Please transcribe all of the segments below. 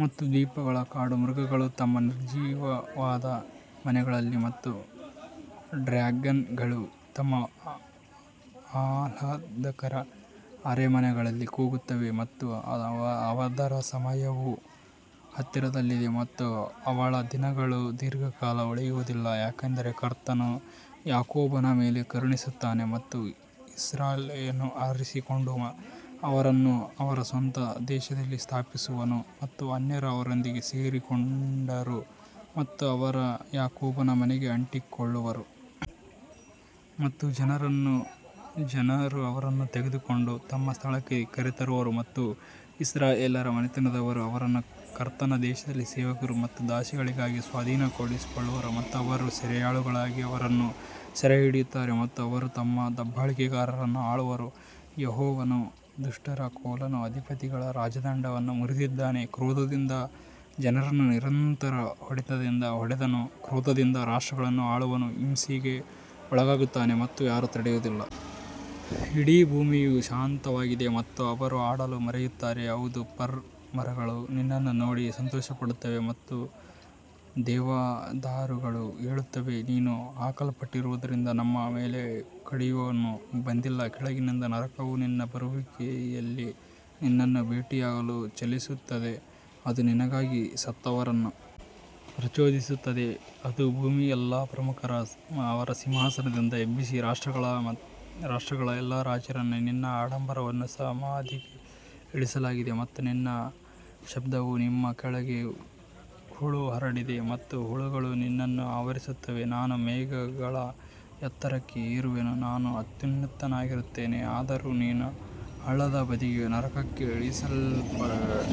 ಮತ್ತು ದ್ವೀಪಗಳ ಕಾಡು ಮೃಗಗಳು ತಮ್ಮ ನಿರ್ಜನವಾದ ಮನೆಗಳಲ್ಲಿ ಮತ್ತು ಡ್ರ್ಯಾಗನ್ಗಳು ತಮ್ಮ ಆಹ್ಲಾದಕರ ಅರಮನೆಗಳಲ್ಲಿ ಕೂಗುತ್ತವೆ ಮತ್ತು ಅದರ ಸಮಯವು ಹತ್ತಿರದಲ್ಲಿದೆ ಮತ್ತು ಅವಳ ದಿನಗಳು ದೀರ್ಘಕಾಲ ಉಳಿಯುವುದಿಲ್ಲ. ಯಾಕಂದರೆ ಕರ್ತನು ಯಾಕೋಬನ ಮೇಲೆ ಕರುಣಿಸುತ್ತಾನೆ ಮತ್ತು ಇನ್ನೂ ಇಸ್ರಾಯೇಲನ್ನು ಆರಿಸಿಕೊಂಡು ಅವರನ್ನು ಅವರ ಸ್ವಂತ ದೇಶದಲ್ಲಿ ಸ್ಥಾಪಿಸುವನು ಮತ್ತು ಅನ್ಯರು ಅವರೊಂದಿಗೆ ಸೇರಿಕೊಂಡರು ಮತ್ತು ಅವರು ಯಾಕೋಬನ ಮನೆಗೆ ಅಂಟಿಕೊಳ್ಳುವರು. ಮತ್ತು ಜನರು ಅವರನ್ನು ತೆಗೆದುಕೊಂಡು ತಮ್ಮ ಸ್ಥಳಕ್ಕೆ ಕರೆತರುವರು ಮತ್ತು ಇಸ್ರಾಯೇಲ್ಯರ ಮನೆತನದವರು ಅವರನ್ನು ಕರ್ತನ ದೇಶದಲ್ಲಿ ಸೇವಕರು ಮತ್ತು ದಾಸಿಗಳಿಗಾಗಿ ಸ್ವಾಧೀನಪಡಿಸಿಕೊಳ್ಳುವರು ಮತ್ತು ಅವರು ಸೆರೆಯಾಳುಗಳಾಗಿ ಅವರನ್ನು ಸೆರೆಹಿಡಿಯುತ್ತಾರೆ ಮತ್ತು ಅವರು ತಮ್ಮ ದಬ್ಬಾಳಿಕೆಗಾರರನ್ನು ಆಳುವರು. ಯೆಹೋವನು ದುಷ್ಟರ ಕೋಲನ್ನೂ ಅಧಿಪತಿಗಳ ರಾಜದಂಡವನ್ನೂ ಮುರಿದಿದ್ದಾನೆ ಕ್ರೋಧದಿಂದ ಜನರನ್ನು ನಿರಂತರ ಹೊಡೆತದಿಂದ ಹೊಡೆದವನು ಕ್ರೋಧದಿಂದ ರಾಷ್ಟ್ರಗಳನ್ನು ಆಳುವವನು ಹಿಂಸೆಗೆ ಒಳಗಾಗುತ್ತಾನೆ ಮತ್ತು ಯಾರೂ ತಡೆಯುವುದಿಲ್ಲ. ಇಡೀ ಭೂಮಿಯು ಶಾಂತವಾಗಿದೆ ಮತ್ತು ಅವರು ಹಾಡಲು ಮುರಿಯುತ್ತಾರೆ ಹೌದು, ಫರ್ ಮರಗಳು ನಿನ್ನನ್ನು ನೋಡಿ ಸಂತೋಷಪಡುತ್ತವೆ ಮತ್ತು ಲೆಬನೋನ್ನ ದೇವದಾರುಗಳು ಹೇಳುತ್ತವೆ, ನೀನು ಹಾಕಲ್ಪಟ್ಟಿದ್ದರಿಂದ ನಮ್ಮ ಮೇಲೆ ಕಡಿಯುವವನು ಬಂದಿಲ್ಲ ಕೆಳಗಿನಿಂದ ನರಕವು ನಿನ್ನ ಬರುವಿಕೆಯಲ್ಲಿ ನಿನ್ನನ್ನು ಭೇಟಿಯಾಗಲು ಚಲಿಸುತ್ತದೆ, ಅದು ನಿನಗಾಗಿ ಸತ್ತವರನ್ನು ಪ್ರಚೋದಿಸುತ್ತದೆ, ಅದು ಭೂಮಿಯ ಎಲ್ಲಾ ಪ್ರಮುಖರನ್ನು ಅವರ ಸಿಂಹಾಸನದಿಂದ ಎಬ್ಬಿಸಿದ ರಾಷ್ಟ್ರಗಳ ಎಲ್ಲಾ ರಾಜರನ್ನು ನಿನ್ನ ಆಡಂಬರವನ್ನು ಸಮಾಧಿಗೆ ಇಳಿಸಲಾಗಿದೆ ಮತ್ತು ನಿನ್ನ ವಯೋಲ್ಗಳ ಶಬ್ದವು ನಿಮ್ಮ ಕೆಳಗೆ ಹುಳು ಹರಡಿದೆ ಮತ್ತು ಹುಳುಗಳು ನಿನ್ನನ್ನು ಆವರಿಸುತ್ತವೆ ನಾನು ಮೇಘಗಳ ಎತ್ತರಕ್ಕೆ ಏರುವೆನು, ನಾನು ಅತ್ಯುನ್ನತನಾಗಿರುತ್ತೇನೆ ಆದರೂ ನೀನು ಹಳ್ಳದ ಬದಿಗೆ ನರಕಕ್ಕೆ ಇಳಿಸಲ್ಪಡುವೆ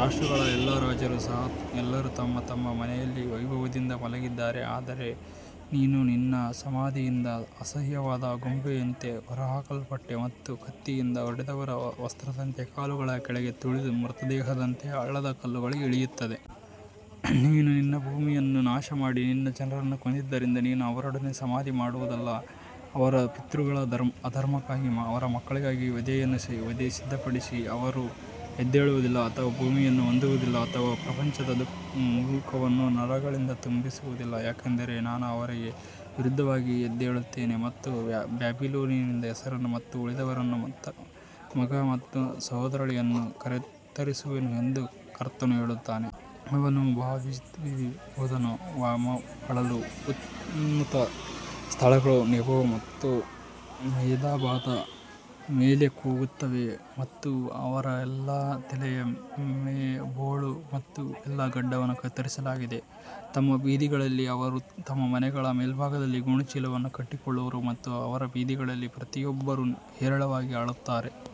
ರಾಷ್ಟ್ರಗಳ ಎಲ್ಲಾ ರಾಜರು ಸಹ ಎಲ್ಲರೂ ತಮ್ಮ ತಮ್ಮ ಮನೆಯಲ್ಲಿ ವೈಭವದಿಂದ ಮಲಗಿದ್ದಾರೆ ಆದರೆ ನೀನು ನಿನ್ನ ಸಮಾಧಿಯಿಂದ ಅಸಹ್ಯವಾದ ಕೊಂಬೆಯಂತೆ ಹೊರಹಾಕಲ್ಪಟ್ಟೆ ಮತ್ತು ಕತ್ತಿಯಿಂದ ಹೊಡೆದವರ ವಸ್ತ್ರದಂತೆ ಕಾಲುಗಳ ಕೆಳಗೆ ತುಳಿದ ಮೃತದೇಹದಂತೆ ಹಳ್ಳದ ಕಲ್ಲುಗಳಿಗೆ ಇಳಿಯುತ್ತದೆ. ನೀನು ನಿನ್ನ ಭೂಮಿಯನ್ನು ನಾಶಮಾಡಿ ನಿನ್ನ ಜನರನ್ನು ಕೊಂದಿದ್ದರಿಂದ ನೀನು ಅವರೊಡನೆ ಸಮಾಧಿ ಮಾಡಲ್ಪಡುವದಿಲ್ಲ ಅವರ ಪಿತೃಗಳ ಅಧರ್ಮಕ್ಕಾಗಿ ಅವರ ಮಕ್ಕಳಿಗಾಗಿ ವಧೆಯನ್ನು ಸಿದ್ಧಪಡಿಸಿ, ಅವರು ಎದ್ದೇಳುವುದಿಲ್ಲ ಅಥವಾ ಭೂಮಿಯನ್ನು ಹೊಂದುವುದಿಲ್ಲ ಅಥವಾ ಪ್ರಪಂಚದ ಮುಖವನ್ನು ನಗರಗಳಿಂದ ತುಂಬಿಸುವುದಿಲ್ಲ. ಯಾಕಂದರೆ ನಾನು ಅವರಿಗೆ ವಿರುದ್ಧವಾಗಿ ಎದ್ದೇಳುತ್ತೇನೆ ಮತ್ತು ಬ್ಯಾಬಿಲೋನ್ನಿಂದ ಹೆಸರನ್ನು ಮತ್ತು ಉಳಿದವರನ್ನು ಮತ್ತು ಮಗ ಮತ್ತು ಸೋದರಳಿಯನನ್ನು ಕತ್ತರಿಸುವೆನು ಎಂದು ಕರ್ತನು ಹೇಳುತ್ತಾನೆ. ಅವನು ಬಾಜಿತ್ ಮತ್ತು ದೀಬೋನ್ಗೆ ಹೋದನು, ಮೋವಾಬ್ ಅಳಲು ಉನ್ನತ ಸ್ಥಳಗಳು ನೆಬೋ ಮತ್ತು ಮೆದೆಬಾದ ಮೇಲೆ ಕೂಗುತ್ತವೆ ಮತ್ತು ಅವರ ಎಲ್ಲಾ ತಲೆಯ ಮೇಲೆ ಬೋಳು ಮತ್ತು ಎಲ್ಲಾ ಗಡ್ಡವನ್ನು ಕತ್ತರಿಸಲಾಗುತ್ತದೆ. ತಮ್ಮ ಬೀದಿಗಳಲ್ಲಿ ಅವರು ತಮ್ಮ ಮನೆಗಳ ಮೇಲ್ಭಾಗದಲ್ಲಿ ಗೋಣಿಚೀಲವನ್ನು ಕಟ್ಟಿಕೊಳ್ಳುವರು ಮತ್ತು ಅವರ ಬೀದಿಗಳಲ್ಲಿ ಪ್ರತಿಯೊಬ್ಬರೂ ಹೇರಳವಾಗಿ ಅಳುತ್ತಾರೆ.